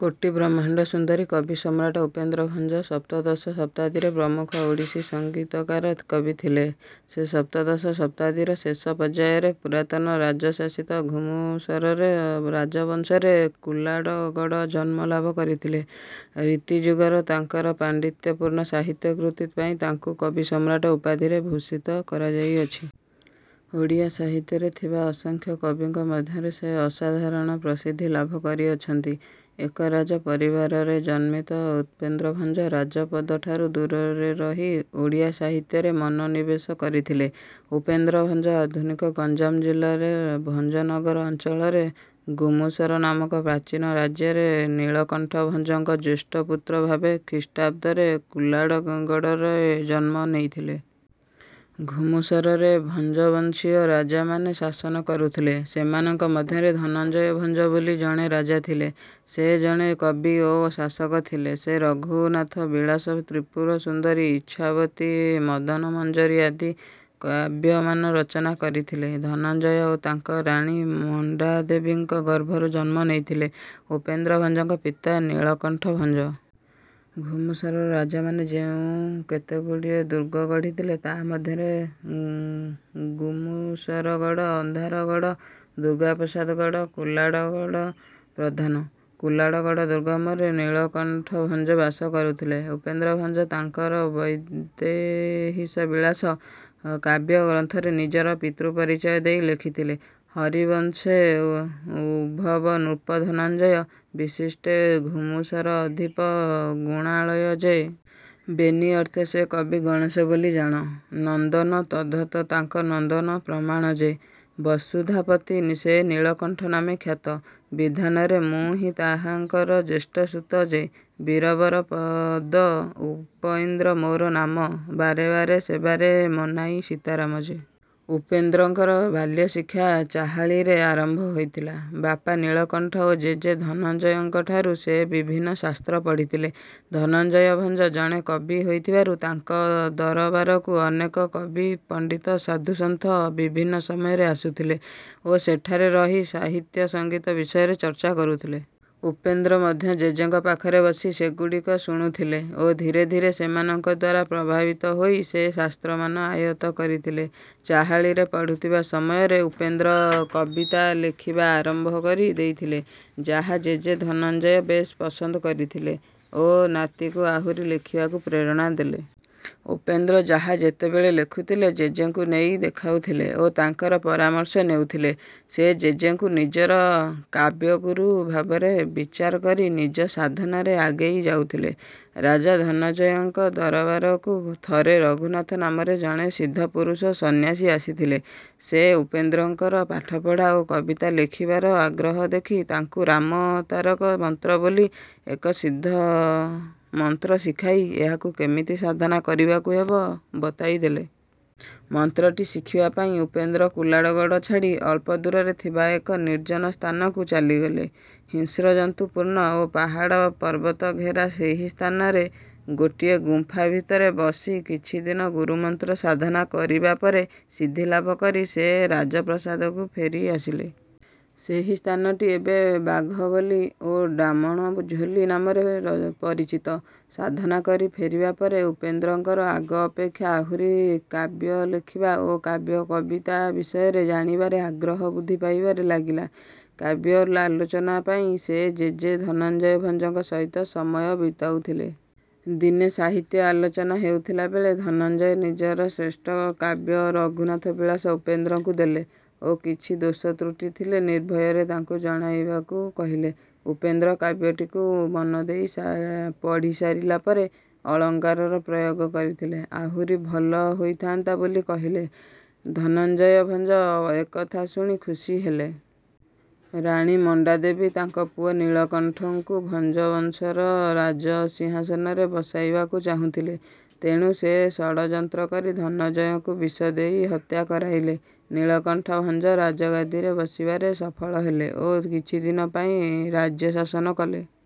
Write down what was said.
କୋଟି ବ୍ରହ୍ମାଣ୍ଡ ସୁନ୍ଦରୀ କବି ସମ୍ରାଟ ଉପେନ୍ଦ୍ର ଭଞ୍ଜ ସପ୍ତଦଶ ଶତାବ୍ଦୀର ପ୍ରମୁଖ ଓଡ଼ିଶୀ ସଙ୍ଗୀତକାର କବି ଥିଲେ। ସେ ସପ୍ତଦଶ ଶତାବ୍ଦୀର ଶେଷ ପର୍ଯ୍ୟାୟରେ ପୁରାତନ ରାଜଶାସିତ ଘୁମୁସରର ରାଜବଂଶରେ କୁଲାଡ଼ଗଡଜନ୍ମଲାଭ କରିଥିଲେ। ରୀତିଯୁଗର ତାଙ୍କର ପାଣ୍ଡିତ୍ୟପୂର୍ଣ୍ଣ ସାହିତ୍ୟ କୃତି ପାଇଁ ତାଙ୍କୁ କବି ସମ୍ରାଟ ଉପାଧିରେ ଭୂଷିତ କରାଯାଇଅଛି। ଓଡ଼ିଆ ସାହିତ୍ୟରେ ଥିବା ଅସଂଖ୍ୟ କବିଙ୍କ ମଧ୍ୟରେ ସେ ଅସାଧାରଣ ପ୍ରସିଦ୍ଧି ଲାଭ କରିଅଛନ୍ତି। ଏକ ରାଜ ପରିବାରରେ ଜନ୍ମିତ ଉପେନ୍ଦ୍ର ଭଞ୍ଜ ରାଜପଦଠାରୁ ଦୂରରେ ରହି ଓଡ଼ିଆ ସାହିତ୍ୟରେ ମନୋନିବେଶ କରିଥିଲେ। ଉପେନ୍ଦ୍ର ଭଞ୍ଜ ଆଧୁନିକ ଗଞ୍ଜାମ ଜିଲ୍ଲାର ଭଞ୍ଜନଗର ଅଞ୍ଚଳରେ ଗୁମୁସର ନାମକ ପ୍ରାଚୀନ ରାଜ୍ୟରେ ନୀଳକଣ୍ଠ ଭଞ୍ଜଙ୍କ ଜ୍ୟେଷ୍ଠପୁତ୍ର ଭାବେ ଖ୍ରୀଷ୍ଟାବ୍ଦର କୁଲାଡଗଡ଼ରେ ଜନ୍ମନେଇଥିଲେ। ଘୁମୁସରରେ ଭଞ୍ଜବଂଶୀୟ ରାଜାମାନେ ଶାସନ କରୁଥିଲେ। ସେମାନଙ୍କ ମଧ୍ୟରେ ଧନଞ୍ଜୟ ଭଞ୍ଜ ବୋଲି ଜଣେ ରାଜା ଥିଲେ। ସେ ଜଣେ କବି ଓ ଶାସକ ଥିଲେ। ସେ ରଘୁନାଥ ବିଳାସ, ତ୍ରିପୁର ସୁନ୍ଦରୀ, ଇଚ୍ଛାବତୀ, ମଦନମଞ୍ଜରୀ ଆଦି କାବ୍ୟମାନ ରଚନା କରିଥିଲେ। ଧନଞ୍ଜୟ ଓ ତାଙ୍କ ରାଣୀ ମଣ୍ଡାଦେବୀଙ୍କ ଗର୍ଭରୁ ଜନ୍ମ ନେଇଥିଲେ ଉପେନ୍ଦ୍ର ଭଞ୍ଜଙ୍କ ପିତା ନୀଳକଣ୍ଠ ଭଞ୍ଜ। ଘୁମୁସରର ରାଜାମାନେ ଯେଉଁ କେତେଗୁଡିଏ ଦୁର୍ଗ ଗଢ଼ିଥିଲେ ତା' ମଧ୍ୟରେ ଗୁମୁସରଗଡ଼, ଅନ୍ଧାରଗଡ଼, ଦୁର୍ଗାପ୍ରସାଦଗଡ଼, କୁଲାଡଗଡ଼ ପ୍ରଧାନ। କୁଲାଡଗଡ଼ ଦୁର୍ଗମଧ୍ୟରେ ନୀଳକଣ୍ଠ ଭଞ୍ଜ ବାସ କରୁଥିଲେ। ଉପେନ୍ଦ୍ର ଭଞ୍ଜ ତାଙ୍କର ''ବୈଦେହୀଶ ବିଳାସ'' କାବ୍ୟଗ୍ରନ୍ଥରେ ନିଜର ପିତୃପରିଚୟ ଦେଇ ଲେଖିଥିଲେ: ବରହିବଂଶେ ଉଦ୍ଭବ ନୃପ-ଧନଞ୍ଜୟ। ବିଶିଷ୍ଟେ ଘୁମୁସରଅଧିପ ଗୁଣାଳୟ ଯେ।। ବେନି ଅର୍ଥେ ସେ କବି ଗଣେଶ ବୋଲି ଜାଣ। ବନ୍ଦନ ତଦ୍ଧତ ତାଙ୍କ ନନ୍ଦନ ପ୍ରମାଣ ଯେ।। ବସୁଧାପତି ସେ ନୀଳକଣ୍ଠ ନାମେ ଖ୍ୟାତ। ବିଧାନରେ ମୁଁ ହିଁ ତାହାଙ୍କର ଜ୍ୟେଷ୍ଠସୁତ ଯେ।। ବୀରବର ପଦ ଉପଇନ୍ଦ୍ର ମୋର ନାମ। ବାରେ ବାରେ ସେବାରେ ମନାଇଁ ସୀତାରାମ ଯେ।। ଉପେନ୍ଦ୍ରଙ୍କର ବାଲ୍ୟଶିକ୍ଷା ଚାହାଳୀରେ ଆରମ୍ଭ ହୋଇଥିଲା। ବାପା ନୀଳକଣ୍ଠ ଓ ଜେଜେ ଧନଞ୍ଜୟଙ୍କଠାରୁ ସେ ବିଭିନ୍ନ ଶାସ୍ତ୍ର ପଢ଼ିଥିଲେ। ଧନଞ୍ଜୟ ଭଞ୍ଜ ଜଣେ କବି ହୋଇଥିବାରୁ ତାଙ୍କ ଦରବାରକୁ ଅନେକ କବି, ପଣ୍ଡିତ, ସାଧୁସନ୍ଥ ବିଭିନ୍ନ ସମୟରେ ଆସୁଥିଲେ ଓ ସେଠାରେ ରହି ସାହିତ୍ୟ ସଙ୍ଗୀତ ବିଷୟରେ ଚର୍ଚ୍ଚା କରୁଥିଲେ। ଉପେନ୍ଦ୍ର ମଧ୍ୟ ଜେଜେଙ୍କ ପାଖରେ ବସି ସେଗୁଡିକ ଶୁଣୁଥିଲେ ଓ ଧୀରେ ଧୀରେ ସେମାନଙ୍କଦ୍ୱାରା ପ୍ରଭାବିତ ହୋଇ ସେ ଶାସ୍ତ୍ରମାନ ଆୟତ୍ତ କରିଥିଲେ। ଚାହାଳୀରେ ପଢୁଥିବା ସମୟରେ ଉପେନ୍ଦ୍ର କବିତା ଲେଖିବା ଆରମ୍ଭ କରି ଦେଇଥିଲେ ଯାହା ଜେଜେ ଧନଞ୍ଜୟ ବେଶ୍ ପସନ୍ଦ କରିଥିଲେ ଓ ନାତିକୁ ଆହୁରି ଲେଖିବାକୁ ପ୍ରେରଣା ଦେଲେ। ଉପେନ୍ଦ୍ର ଯାହା ଯେତେବେଳେ ଲେଖୁଥିଲେ ଜେଜେଙ୍କୁ ନେଇ ଦେଖାଉଥିଲେ ଓ ତାଙ୍କର ପରାମର୍ଶ ନେଉଥିଲେ। ସେ ଜେଜେଙ୍କୁ ନିଜର କାବ୍ୟଗୁରୁ ଭାବରେ ବିଚାର କରି ନିଜ ସାଧନାରେ ଆଗେଇ ଯାଉଥିଲେ। ରାଜା ଧନଞ୍ଜୟଙ୍କ ଦରବାରକୁ ଥରେ ରଘୁନାଥ ନାମରେ ଜଣେ ସିଦ୍ଧପୁରୁଷ ସନ୍ୟାସୀ ଆସିଥିଲେ। ସେ ଉପେନ୍ଦ୍ରଙ୍କର ପାଠପଢ଼ା ଓ କବିତା ଲେଖିବାର ଆଗ୍ରହ ଦେଖି ତାଙ୍କୁ "ରାମ ତାରକ ମନ୍ତ୍ର" ବୋଲି ଏକ ସିଦ୍ଧ ମନ୍ତ୍ର ଶିଖାଇ ଏହାକୁ କେମିତି ସାଧନା କରିବାକୁ ହେବ ବତାଇଦେଲେ। ମନ୍ତ୍ରଟି ଶିଖିବା ପାଇଁ ଉପେନ୍ଦ୍ର କୁଲାଡ଼ଗଡ଼ ଛାଡ଼ି ଅଳ୍ପ ଦୂରରେ ଥିବା ଏକ ନିର୍ଜନ ସ୍ଥାନକୁ ଚାଲିଗଲେ। ହିଂସ୍ରଜନ୍ତୁପୂର୍ଣ୍ଣ ଓ ପାହାଡ ପର୍ବତଘେରା ସେହି ସ୍ଥାନରେ ଗୋଟିଏ ଗୁମ୍ଫା ଭିତରେ ବସି କିଛିଦିନ ଗୁରୁମନ୍ତ୍ର ସାଧନା କରିବାପରେ ସିଦ୍ଧିଲାଭ କରି ସେ ରାଜପ୍ରସାଦକୁ ଫେରି ଆସିଲେ। ସେହି ସ୍ଥାନଟି ଏବେ "ବାଘବଲି" ଓ "ଡାମଣ ଝୋଲି" ନାମରେ ପରିଚିତ। ସାଧନା କରି ଫେରିବା ପରେ ଉପେନ୍ଦ୍ରଙ୍କର ଆଗ ଅପେକ୍ଷା ଆହୁରି କାବ୍ୟ ଲେଖିବା ଓ କାବ୍ୟକବିତା ବିଷୟରେ ଜାଣିବାରେ ଆଗ୍ରହ ବୃଦ୍ଧି ପାଇବାରେ ଲାଗିଲା। କାବ୍ୟ ଆଲୋଚନା ପାଇଁ ସେ ଜେଜେ ଧନଞ୍ଜୟ ଭଞ୍ଜଙ୍କ ସହିତ ସମୟ ବିତାଉଥିଲେ। ଦିନେ ସାହିତ୍ୟ ଆଲୋଚନା ହେଉଥିଲା ବେଳେ ଧନଞ୍ଜୟ ନିଜର ଶ୍ରେଷ୍ଠ କାବ୍ୟ ରଘୁନାଥ ବିଳାସ ଉପେନ୍ଦ୍ରଙ୍କୁ ଦେଲେ ଓ କିଛି ଦୋଷତ୍ରୁଟି ଥିଲେ ନିର୍ଭୟରେ ତାଙ୍କୁ ଜଣାଇବାକୁ କହିଲେ। ଉପେନ୍ଦ୍ର କାବ୍ୟଟିକୁ ମନଦେଇ ପଢ଼ିସାରିଲାପରେ ଅଳଙ୍କାରର ପ୍ରୟୋଗ କରିଥିଲେ ଆହୁରି ଭଲ ହୋଇଥାନ୍ତା ବୋଲି କହିଲେ, ଧନଞ୍ଜୟ ଭଞ୍ଜ ଏକଥା ଶୁଣି ଖୁସି ହେଲେ। ରାଣୀ ମଣ୍ଡାଦେବୀ ତାଙ୍କ ପୁଅ ନୀଳକଣ୍ଠଙ୍କୁ ଭଞ୍ଜବଂଶର ରାଜସିଂହାସନରେ ବସାଇବାକୁ ଚାହୁଁଥିଲେ, ତେଣୁ ସେ ଷଡଯନ୍ତ୍ର କରି ଧନଞ୍ଜୟଙ୍କୁ ବିଷ ଦେଇ ହତ୍ୟା କରାଇଲେ। ନୀଳକଣ୍ଠ ଭଞ୍ଜ ରାଜଗାଦିରେ ବସିବାରେ ସଫଳ ହେଲେ ଓ କିଛିଦିନ ପାଇଁ ରାଜ୍ୟଶାସନ କଲେ।